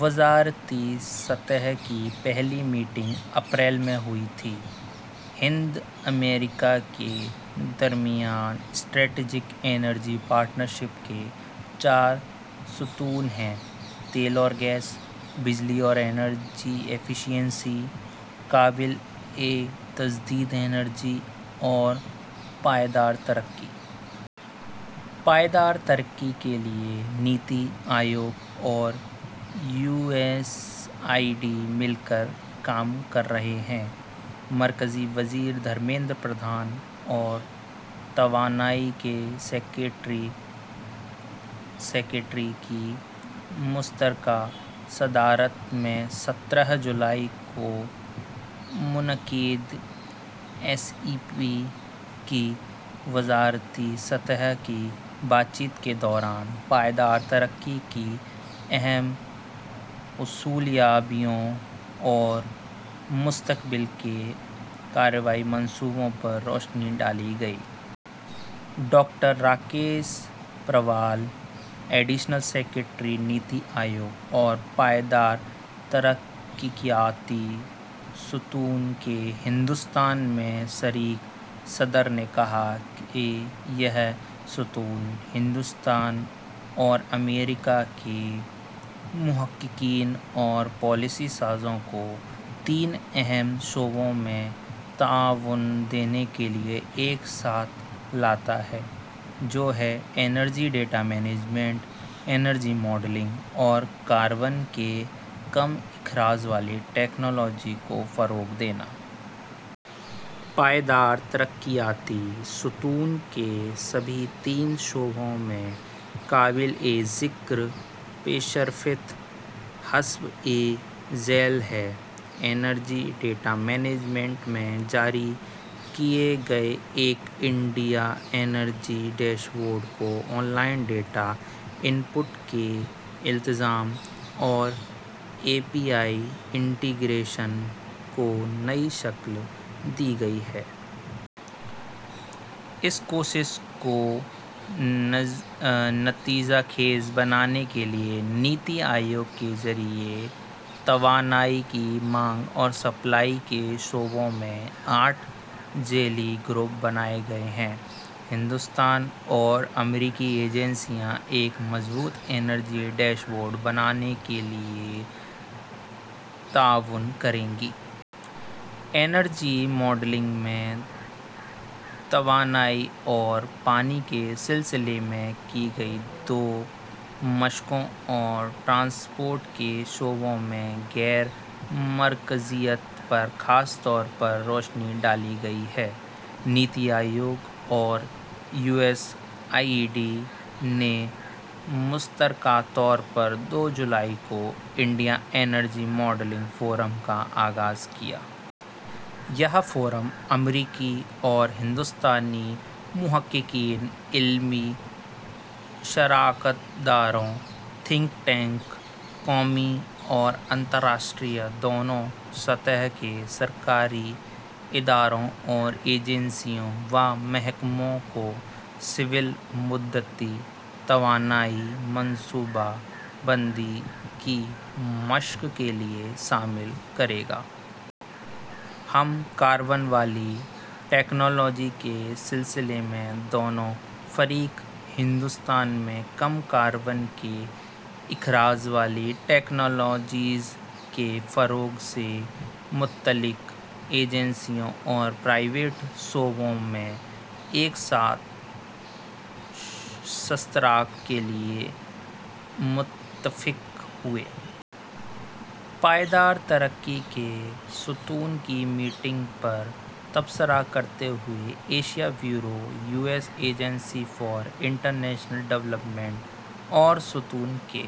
وزارتی سطح کی پہلی میٹنگ اپریل میں ہوئی تھی۔ ہند امریکہ کے درمیان اسٹریٹیجک انرجی پارٹنرشپ کے چار ستون ہیں: تیل اور گیس، بجلی اور توانائی ایفیشنسی، قابل تجدید توانائی اور پائیدار ترقی۔ پائیدار ترقی کے لیے نیتی آیوگ اور U S A I D مل کر کام کر رہے ہیں۔ مرکزی وزیر دھرمیندر پردھان اور توانائی کے سکریٹری کی مشترکہ صدارت میں سترہ جولائی کو منعقدہ ایس ای پی کی وزارتی سطح کی بات چیت کے دوران، پائیدار ترقی کی اہم حصول یابیوں اور مستقبل کے کارروائی منصوبوں پر روشنی ڈالی گئی۔ Doctor Rakesh Parwal, additional secretary, Niti Aayog اور پائیدار ترقیاتی ستون کے ہندوستان میں شریک صدر نے کہا کہ یہ ستون ہندوستان اور امریکہ کے محققین اور پالیسی سازوں کو تین اہم شعبوں میں تعاون دینے کے لیے ایک ساتھ لاتا ہے، جو ہیں: energy data management, energy modelling اور کاربن کے کم اخراج والی ٹیکنالوجی کو بڑھاوا دینا۔ پائیدار ترقیاتی ستون کے سبھی تین شعبوں میں قابل ذکر پیش رفت حسب ذیل ہے۔ انرجی ڈیٹا مینجمنٹ میں جاری کیے گئے ایک انڈیا انرجی ڈیش بورڈ کو online data input کے التزام اور اے پی آئی انٹیگریشن کو نئی شکل دی گئی ہے۔ اس کوشش کو نتیجہ خیز بنانے کے لیے نیتی آیوگ کے ذریعے توانائی کی مانگ اور سپلائی کے شعبوں میں آٹھ ذیلی گروپ بنائے گئے ہیں۔ ہندوستانی اور امریکی ایجنسیاں ایک مضبوط انرجی ڈیش بورڈ بنانے کے لیے تعاون کریں گی۔ انرجی ماڈلنگ میں توانائی اور پانی کے سلسلے میں کی گئی دو مشقوں اور ٹرانسپورٹ کے شعبے میں غیر مرکزیت پر خاص طور پر روشنی ڈالی گئی ہے۔ نیتی آیوگ اور U S A I D نے مشترکہ طور پر دو جولائی کو انڈیا انرجی ماڈلنگ فورم کا آغاز کیا ہے۔ یہ فورم امریکی اور ہندوستانی محققین، علمی شراکت داروں، تھنک ٹینکس، قومی اور بین الاقوامی دونوں سطح کے سرکاری اداروں اور ایجنسیوں و محکموں کو طویل مدتی توانائی منصوبہ بندی کی مشق کے لیے شامل کرے گا۔ کم کاربن والی ٹیکنالوجی کے سلسلے میں دونوں فریق ہندوستان میں کم کاربن کے اخراج والی ٹیکنالوجیز کے فروغ سے متعلق ایجنسیوں اور نجی شعبوں میں ایک ساتھ اشتراک کے لیے متفق ہوئے۔ پائیدار ترقی کے ستون کی میٹنگ پر تبصرہ کرتے ہوئے، Asia bureau, U S agency for international development اور ستون کے...